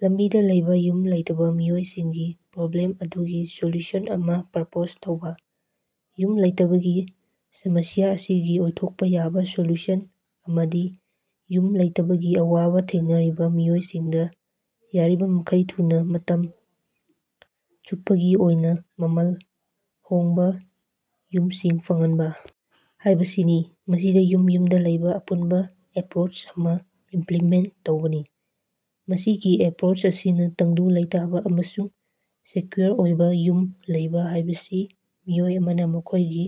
ꯂꯝꯕꯤꯗ ꯂꯩꯕ ꯌꯨꯝ ꯂꯩꯇꯕꯥ ꯃꯤꯑꯣꯏꯁꯤꯡꯒꯤ ꯄ꯭ꯔꯣꯕ꯭ꯂꯦꯝ ꯑꯗꯨꯒꯤ ꯁꯣꯂꯨꯁꯟ ꯑꯃ ꯄ꯭ꯔꯄꯣꯖ ꯇꯧꯕ꯫ ꯌꯨꯝ ꯂꯩꯇꯕꯒꯤ ꯁꯃꯁ꯭ꯌꯥ ꯑꯁꯤꯒꯤ ꯑꯣꯏꯊꯣꯛꯄ ꯌꯥꯕ ꯁꯣꯂꯨꯁꯟ ꯑꯃꯗꯤ ꯌꯨꯝ ꯂꯩꯇꯕꯒꯤ ꯑꯋꯥꯕ ꯊꯦꯡꯅꯔꯤꯕ ꯃꯤꯑꯣꯏꯁꯤꯡꯗ ꯌꯥꯔꯤꯕꯃꯈꯩ ꯊꯨꯅ ꯃꯇꯝ ꯆꯨꯞꯄꯒꯤ ꯑꯣꯏꯅ, ꯃꯃꯜ ꯍꯣꯡꯕ ꯌꯨꯝꯁꯤꯡ ꯐꯪꯍꯟꯕ ꯍꯥꯏꯕꯁꯤꯅꯤ, ꯃꯁꯤꯗ ꯌꯨꯝ-ꯌꯨꯝꯗ ꯂꯩꯕ ꯑꯄꯨꯟꯕ ꯑꯦꯄ꯭ꯔꯣꯆ ꯑꯃ ꯏꯝꯄ꯭ꯂꯤꯃꯦꯟꯠ ꯇꯧꯕꯅꯤ꯫ ꯃꯁꯤꯒꯤ ꯑꯦꯄ꯭ꯔꯣꯆ ꯑꯁꯤꯅ ꯇꯪꯗꯨ ꯂꯩꯇꯥꯕ ꯑꯃꯁꯨꯡ ꯁꯦꯀ꯭ꯌꯨꯔ ꯑꯣꯏꯕ ꯌꯨꯝ ꯂꯩꯕ ꯍꯥꯏꯕꯁꯤ ꯃꯤꯑꯣꯏ ꯑꯃꯅ ꯃꯈꯣꯏꯒꯤ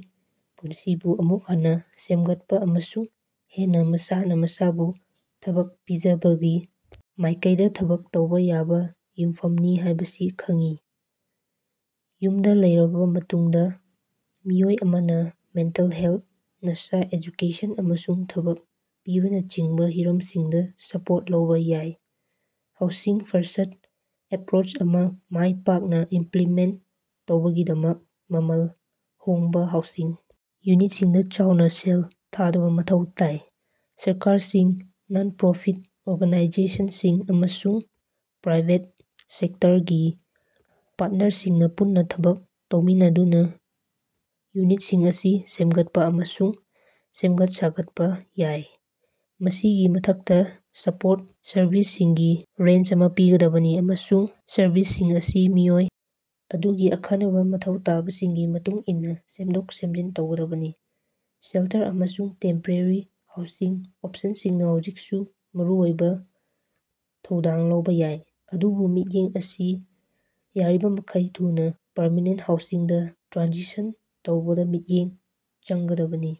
ꯄꯨꯟꯁꯤꯕꯨ ꯑꯃꯨꯛ ꯍꯟꯅ ꯁꯦꯝꯒꯠꯄ ꯑꯃꯁꯨꯡ ꯍꯦꯟꯅ ꯃꯁꯥꯅ ꯃꯁꯥꯕꯨ ꯊꯕꯛ ꯄꯤꯖꯕꯒꯤ ꯃꯥꯏꯀꯩꯗ ꯊꯕꯛ ꯇꯧꯕ ꯌꯥꯕ ꯌꯨꯝꯐꯝꯅꯤ ꯍꯥꯏꯕꯁꯤ ꯈꯪꯏ꯫ ꯌꯨꯝꯗ ꯂꯩꯔꯕꯥ ꯃꯇꯨꯡꯗ, ꯃꯤꯑꯣꯏ ꯑꯃꯅ ꯃꯦꯟꯇꯦꯜ ꯍꯦꯜꯊ, ꯅꯁꯥ, ꯑꯦꯖꯨꯀꯦꯁꯟ, ꯑꯃꯁꯨꯡ ꯊꯕꯛ ꯄꯤꯕꯅꯆꯤꯡꯕ ꯍꯤꯔꯝꯁꯤꯡꯗ ꯁꯄꯣꯔꯠ ꯂꯧꯕ ꯌꯥꯏ꯫ ꯍꯥꯎꯁꯤꯡ-ꯐꯔꯁ꯭ꯠ ꯑꯦꯄ꯭ꯔꯣꯆ ꯑꯃ ꯃꯥꯏ ꯄꯥꯛꯅ ꯏꯝꯄ꯭ꯂꯤꯃꯦꯟꯠ ꯇꯧꯕꯒꯤꯗꯃꯛ, ꯃꯃꯜ ꯍꯣꯡꯕ ꯍꯥꯎꯁꯤꯡ ꯌꯨꯅꯤꯠꯁꯤꯡꯗ ꯆꯥꯎꯅ ꯁꯦꯜ ꯊꯥꯗꯕ ꯃꯊꯧ ꯇꯥꯏ꯫ ꯁꯔꯀꯥꯔꯁꯤꯡ, ꯅꯟ-ꯄ꯭ꯔꯣꯐꯤꯠ ꯑꯣꯔꯒꯅꯥꯏꯖꯦꯁꯟꯁꯤꯡ, ꯑꯃꯁꯨꯡ ꯄ꯭ꯔꯥꯏꯕꯦꯠ ꯁꯦꯛꯇꯔꯒꯤ ꯄꯥꯔꯇꯅꯔꯁꯤꯡꯅ ꯄꯨꯟꯅ ꯊꯕꯛ ꯇꯧꯃꯤꯟꯅꯗꯨꯅ ꯌꯨꯅꯤꯠꯁꯤꯡ ꯑꯁꯤ ꯁꯦꯝꯒꯠꯄ ꯑꯃꯁꯨꯡ ꯁꯦꯝꯒꯠ-ꯁꯥꯒꯠꯄ ꯌꯥꯏ꯫ ꯃꯁꯤꯒꯤ ꯃꯊꯛꯇ, ꯁꯄꯣꯔꯠ ꯁꯔꯚꯤꯁꯁꯤꯡꯒꯤ ꯔꯦꯟꯖ ꯑꯃ ꯄꯤꯒꯗꯕꯅꯤ, ꯑꯃꯁꯨꯡ ꯁꯔꯚꯤꯁꯁꯤꯡ ꯑꯁꯤ ꯃꯤꯑꯣꯏ ꯑꯗꯨꯒꯤ ꯑꯈꯟꯅꯕ ꯃꯊꯧ ꯇꯥꯕꯁꯤꯡꯒꯤ ꯃꯇꯨꯡꯏꯟꯅ ꯁꯦꯝꯗꯣꯛ-ꯁꯦꯝꯖꯤꯟ ꯇꯧꯒꯗꯕꯅꯤ꯫ ꯁꯦꯜꯇꯔ ꯑꯃꯁꯨꯡ ꯇꯦꯝꯄꯔꯦꯔꯤ ꯍꯥꯎꯁꯤꯡ ꯑꯣꯞꯁꯟꯁꯤꯡꯅ ꯍꯧꯖꯤꯛꯁꯨ ꯃꯔꯨꯑꯣꯏꯕ‌ ꯊꯧꯗꯥꯡ ꯂꯧꯕ‌ ꯌꯥꯏ, ꯑꯗꯨꯕꯨ ꯃꯤꯠꯌꯦꯡ ꯑꯁꯤ ꯌꯥꯔꯤꯕꯃꯈꯩ ꯊꯨꯅ ꯄꯔꯃꯦꯅꯦꯟꯠ ꯍꯥꯎꯁꯤꯡꯗ ꯇ꯭ꯔꯥꯟꯁꯤꯁꯟ ꯇꯧꯕꯗ ꯃꯤꯠꯌꯦꯡ ꯆꯪꯒꯗꯕꯅꯤ꯫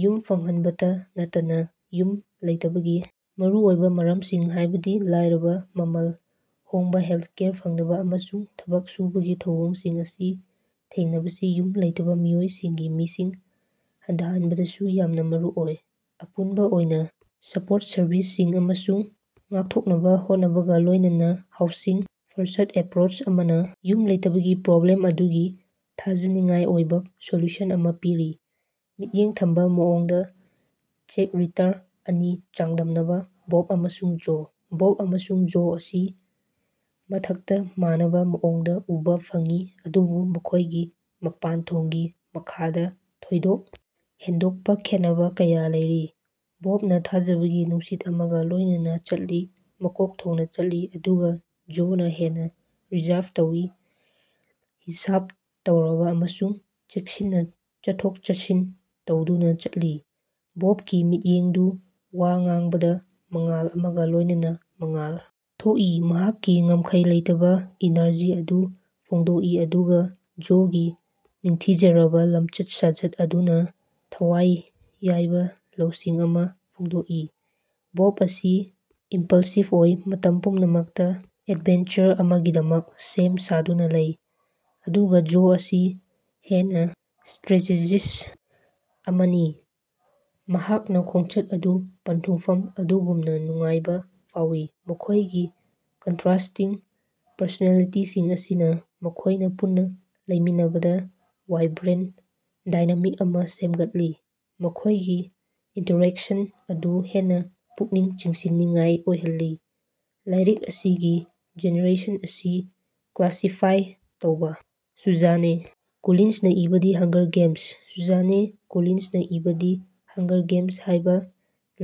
ꯌꯨꯝ ꯐꯪꯍꯟꯕꯇ ꯅꯠꯇꯅꯥ, ꯌꯨꯝ ꯂꯩꯇꯕꯒꯤ ꯃꯔꯨ ꯑꯣꯏꯕ ꯃꯔꯝꯁꯤꯡ ꯍꯥꯏꯕꯗꯤ ꯂꯥꯏꯔꯕ, ꯃꯃꯜ ꯍꯣꯡꯕꯥꯍꯦꯜꯊꯀꯦꯌꯔ ꯐꯪꯗꯕ, ꯑꯃꯁꯨꯡ ꯊꯕꯛ ꯁꯨꯕꯒꯤ ꯊꯧꯑꯣꯡꯁꯤꯡ ꯑꯁꯤ ꯊꯦꯡꯅꯕꯁꯤ ꯌꯨꯝ ꯂꯩꯇꯕ ꯃꯤꯑꯣꯏꯁꯤꯡꯒꯤ ꯃꯁꯤꯡ ꯍꯟꯊꯍꯟꯕꯗꯁꯨ ꯌꯥꯝꯅ ꯃꯔꯨ ꯑꯣꯏ꯫ ꯑꯄꯨꯟꯕ ꯑꯣꯏꯅ, ꯁꯄꯣꯔꯠ ꯁꯔꯚꯤꯁꯁꯤꯡ ꯑꯃꯁꯨꯡ ꯉꯥꯛꯊꯣꯛꯅꯕꯥ ꯍꯣꯠꯅꯕꯒ ꯂꯣꯏꯅꯅꯥ ꯍꯥꯎꯁꯤꯡ-ꯐꯔꯁ꯭ꯠ ꯑꯦꯄ꯭ꯔꯣꯆ ꯑꯃꯅ ꯌꯨꯝ ꯂꯩꯇꯕꯒꯤ ꯄ꯭ꯔꯣꯕ꯭ꯂꯦꯝ ꯑꯗꯨꯒꯤ ꯊꯥꯖꯅꯤꯡꯉꯥꯏ ꯑꯣꯏꯕ ꯁꯣꯂꯨꯁꯟ ꯑꯃ ꯄꯤꯔꯤ꯫ ꯃꯤꯠꯌꯦꯡ ꯊꯝꯕ ꯃꯑꯣꯡꯗ ꯆꯦꯛꯔꯦꯇꯔ ꯑꯅꯤ ꯆꯥꯡꯗꯝꯅꯕꯥ - ꯕꯣꯕ ꯑꯃꯁꯨꯡ ꯖꯣ꯫ ꯕꯣꯕ ꯑꯃꯁꯨꯡ ꯖꯣ ꯑꯁꯤ ꯃꯊꯛꯇ ꯃꯥꯟꯅꯕꯥ ꯃꯑꯣꯡꯗ ꯎꯕꯥ ꯐꯪꯏ ꯑꯗꯨꯕꯨ ꯃꯈꯣꯏꯒꯤ ꯃꯄꯥꯟꯊꯣꯡꯒꯤ ꯃꯈꯥꯗ, ꯊꯣꯏꯗꯣꯛ ꯍꯦꯟꯗꯣꯛꯄ ꯈꯦꯟꯅꯕꯥ ꯀꯌꯥ ꯂꯩꯔꯤ꯫ ꯕꯣꯕꯅꯥ ꯊꯥꯖꯕꯒꯤ ꯅꯨꯡꯁꯤꯠ ꯑꯃꯒ ꯂꯣꯏꯅꯅꯥ ꯆꯠꯂꯤ, ꯃꯀꯣꯛ ꯊꯣꯡꯅ ꯆꯠꯂꯤ, ꯑꯗꯨꯒ ꯖꯣꯅꯥ ꯍꯦꯟꯅ ꯔꯤꯖꯔꯚ ꯇꯧꯏ, ꯍꯤꯁꯥꯕ ꯇꯧꯔꯕꯥ ꯑꯃꯁꯨꯡ ꯆꯦꯛꯁꯤꯟꯅ ꯆꯠꯊꯣꯛ-ꯆꯠꯁꯤꯟ ꯇꯧꯗꯨꯅ ꯆꯠꯂꯤ꯫ ꯕꯣꯕꯀꯤ ꯃꯤꯠꯌꯦꯡꯗꯨ ꯋꯥ ꯉꯥꯡꯕꯗ ꯃꯉꯥꯜ ꯑꯃꯒ ꯂꯣꯏꯅꯅ ꯃꯉꯥꯜ ꯊꯣꯛꯏ, ꯃꯍꯥꯛꯀꯤ ꯉꯝꯈꯩ ꯂꯩꯇꯕꯥ ꯏꯅꯔꯖꯤ ꯑꯗꯨ ꯐꯣꯡꯗꯣꯛꯏ ꯑꯗꯨꯒ ꯖꯣꯒꯤ ꯅꯤꯡꯊꯤꯖꯔꯕꯥ ꯂꯝꯆꯠ-ꯁꯥꯖꯠ ꯑꯗꯨꯅ ꯊꯋꯥꯏ ꯌꯥꯏꯕ ꯂꯧꯁꯤꯡ ꯑꯃ ꯐꯣꯡꯗꯣꯛꯏ꯫ ꯕꯣꯕ ꯑꯁꯤ ꯏꯝꯄꯜꯁꯤꯞ ꯑꯣꯏ, ꯃꯇꯝ ꯄꯨꯝꯅꯃꯛꯇ ꯑꯦꯗꯚꯦꯟꯆꯔ ꯑꯃꯒꯤꯗꯃꯛ ꯁꯦꯝ ꯁꯥꯗꯨꯅ ꯂꯩ, ꯑꯗꯨꯒ‌ ꯖꯣ ꯑꯁꯤ ꯍꯦꯟꯅ ꯁ꯭ꯇꯔꯦꯇꯦꯖꯤꯁ꯭ꯠ ꯑꯃꯅꯤ, ꯃꯍꯥꯛꯅ ꯈꯣꯡꯆꯠ ꯑꯗꯨ ꯄꯟꯊꯨꯡꯐꯝ ꯑꯗꯨꯒꯨꯝꯅ‌ ꯅꯨꯡꯉꯥꯏꯕ ꯐꯥꯎꯏ꯫ ꯃꯈꯣꯏꯒꯤ ꯀꯟꯇꯔꯥꯁ꯭ꯇꯤꯡ ꯄꯔꯁꯣꯅꯦꯂꯤꯇꯤꯁꯤꯡ ꯑꯁꯤꯅ ꯃꯈꯣꯏꯅ ꯄꯨꯟꯅ ꯂꯩꯃꯤꯟꯅꯕꯗ ꯋꯥꯏꯕ꯭ꯔꯦꯟꯇ ꯗꯥꯏꯅꯥꯃꯤꯛ ꯑꯃ ꯁꯦꯝꯒꯠꯂꯤ, ꯃꯈꯣꯏꯒꯤ ꯏꯟꯇꯔꯦꯛꯁꯟ ꯑꯗꯨ ꯍꯦꯟꯅ ꯄꯨꯛꯅꯤꯡ ꯆꯤꯡꯁꯤꯟꯅꯤꯡꯉꯥꯏ ꯑꯣꯏꯍꯜꯂꯤ꯫ ꯂꯥꯏꯔꯤꯛ ꯑꯁꯤꯒꯤ ꯖꯦꯅꯔꯦꯁꯟ ꯑꯁꯤ ꯀ꯭ꯂꯥꯁꯤꯐꯥꯏ ꯇꯧꯕꯥ꯫ ꯁꯨꯖꯥꯅꯦ ꯀꯣꯂꯤꯟꯁꯅꯥ ꯏꯕꯥ ꯗꯤ ꯍꯪꯒꯔ ꯒꯦꯝꯁ꯫ ꯁꯨꯖꯥꯅꯦ ꯀꯣꯂꯤꯟꯁꯅꯥ ꯏꯕꯥ, ꯗꯤ ꯍꯪꯒꯔ ꯒꯦꯝꯁ ꯍꯥꯏꯕ‌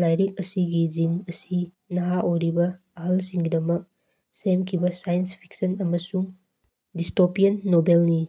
ꯂꯥꯏꯔꯤꯛ ꯑꯁꯤꯒꯤ ꯖꯤꯟ ꯑꯁꯤ ꯅꯍꯥ ꯑꯣꯏꯔꯤꯕ ꯑꯍꯜꯁꯤꯡꯒꯤꯗꯃꯛ ꯁꯦꯝꯈꯤꯕ ꯁꯥꯏꯟꯁ ꯐꯤꯛꯁꯟ ꯑꯃꯁꯨꯡ ꯗꯤꯁꯇꯣꯄꯤꯌꯥꯟ ꯅꯣꯚꯦꯜꯅꯤ꯫